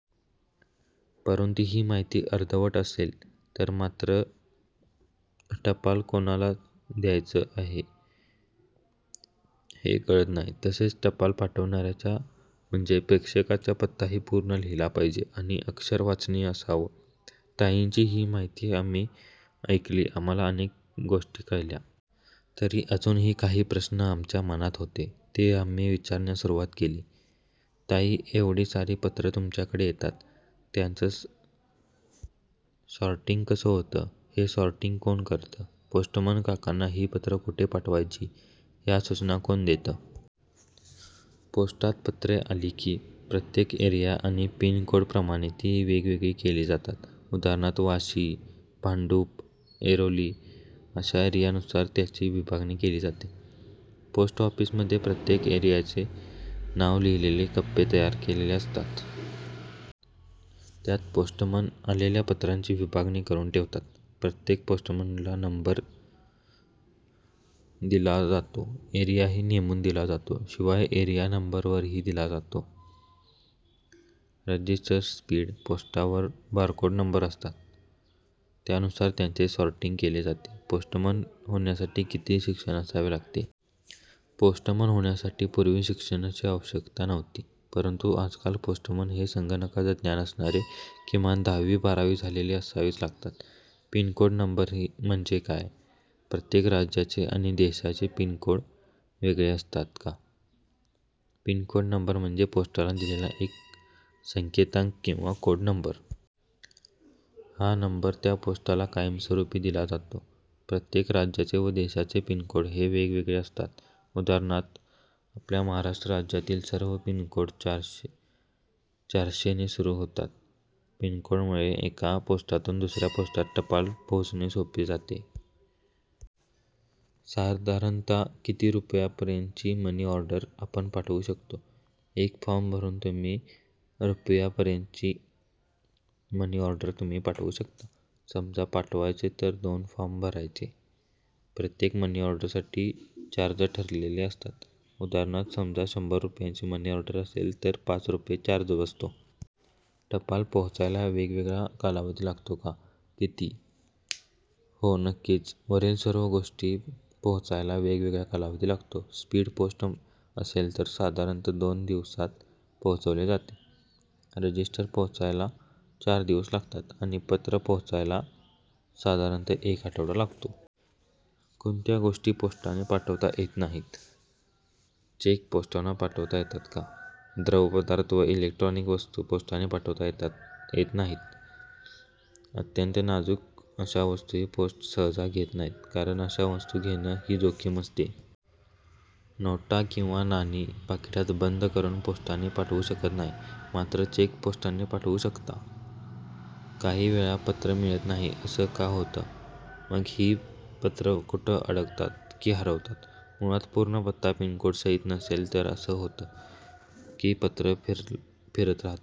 परंतु ही माहिती अर्धवट असेल तर मात्र टपाल कोणाला द्यायचं आहे, हे कळत नाही. तसेच टपाल पाठवणाऱ्याचा म्हणजे प्रेषकाचा पत्ताही पूर्ण लिहिला पाहिजे. आणि अक्षर वाचनीय असावं. ताईंची ही माहिती आम्ही ऐकली. आम्हांला अनेक गोष्टी कळल्या. तरी अजूनही काही प्रश्न आमच्या मनात होते ते आम्ही विचारण्यास सुरुवात केली- ताई, एवढी सारी पत्रं तुमच्याकडे येतात, त्यांचं सॉर्टिंग कसं होतं? हे सॉर्टिंग कोण करतं? पोस्टमन काकांना ही पत्रं कुठे वाटायची, ह्या सूचना कोण देतं? पोस्टात पत्रे आली की प्रत्येक एरिया आणि पिन कोडप्रमाणे ती वेगवेगळी केली जातात. उदा. वाशी, भांडुप, ऐरोली अशा एरियानुसार त्याची विभागणी केली जाते. पोस्ट ऑफिसमध्ये प्रत्येक एरियाचे नाव लिहिलेले कप्पे तयार केलेले असतात. त्यात पोस्टमन आलेल्या पत्रांची विभागणी करून ठेवतात. प्रत्येक पोस्टमनला नंबर दिला जातो. एरियाही नेमून दिला जातो. शिवाय एरिया नंबरही दिला जातो. रजिस्टर-स्पीड पोस्टवर बारकोड नंबर असतात, त्यानुसार यांचे सॉर्टिंग केले जाते. पोस्टमन होण्यासाठी किती शिक्षण असावे लागते? पोस्टमन होण्यासाठी पूर्वी शिक्षणाची आवश्यकता नव्हती. परंतु आजकाल पोस्टमन हे संगणकाचं ज्ञान असणारे, किमान दहावी-बारावी झालेले असावेच लागतात. पिन कोड नंबर म्हणजे काय? प्रत्येक राज्याचे आणि देशाचे पिन कोड वेगळे असतात का? पिनकोड नंबर म्हणजे पोस्टाला दिलेला एक संकेतांक किंवा कोड नंबर. हा नंबर त्या पोस्टला कायमस्वरूपी दिला जातो. प्रत्येक राज्याचे व देशाचे पिन कोड हे वेगवेगळे असतात. उदा. आपल्या महाराष्ट्र राज्यातील सर्व पिन कोड चारशेने सुरू होतात. पिनकोडमुळे एका पोस्टातून दुसऱ्या पोस्टात टपाल पोहोचवणे सोपे जाते. साधारणतः किती रुपयांपर्यंतची मनीऑर्डर आपण पाठवू शकतो? एक फॉर्म भरून तुम्ही रुपयांपर्यंतची मनीऑर्डर तुम्ही पाठवू शकता. समजा पाठवायचे तर दोन फॉर्म भरायचे. प्रत्येक मनीऑर्डरसाठी चार्ज ठरलेले असतात. उदा. समजा शंभर रुपयांची मनीऑर्डर असेल तर पाच रुपये चार्ज बसतो. टपाल पोहोचायला वेगवेगळा कालावधी लागतो का? किती? हो. नक्कीच. वरील सर्व गोष्टी पोहोचायला वेगवेगळा कालावधी लागतो. स्पीड पोस्ट असेल तर ते साधारणतः दोन दिवसांत पोहोचले पाहिजे. रजिस्टर पोहोचायला चार दिवस लागतात आणि पत्र पोहोचायला साधारणतः एक आठवडा लागतो. कोणत्या गोष्टी पोस्टाने पाठवता येत नाहीत? चेक पोस्टाने पाठवता येतात का? द्रव पदार्थ व इलेक्ट्रॉनिक वस्तू पोस्टाने पाठवता येत नाहीत. अत्यंत नाजूक अशा वस्तूही पोस्ट सहसा घेत नाहीत, कारण अशा वस्तू घेणं ही जोखीम असते. नोटा किंवा नाणी पाकिटात बंद करून पोस्टाने पाठवू शकत नाही. मात्र चेक पोस्टाने पाठवू शकता. काही वेळा पत्र मिळत नाही. असं का होतं? मग ही पत्रं कुठे अडकतात की हरवतात? मुळात पूर्ण पत्ता पिनकोडसहित नसेल तर असं होतं की पत्र फिरत राहतं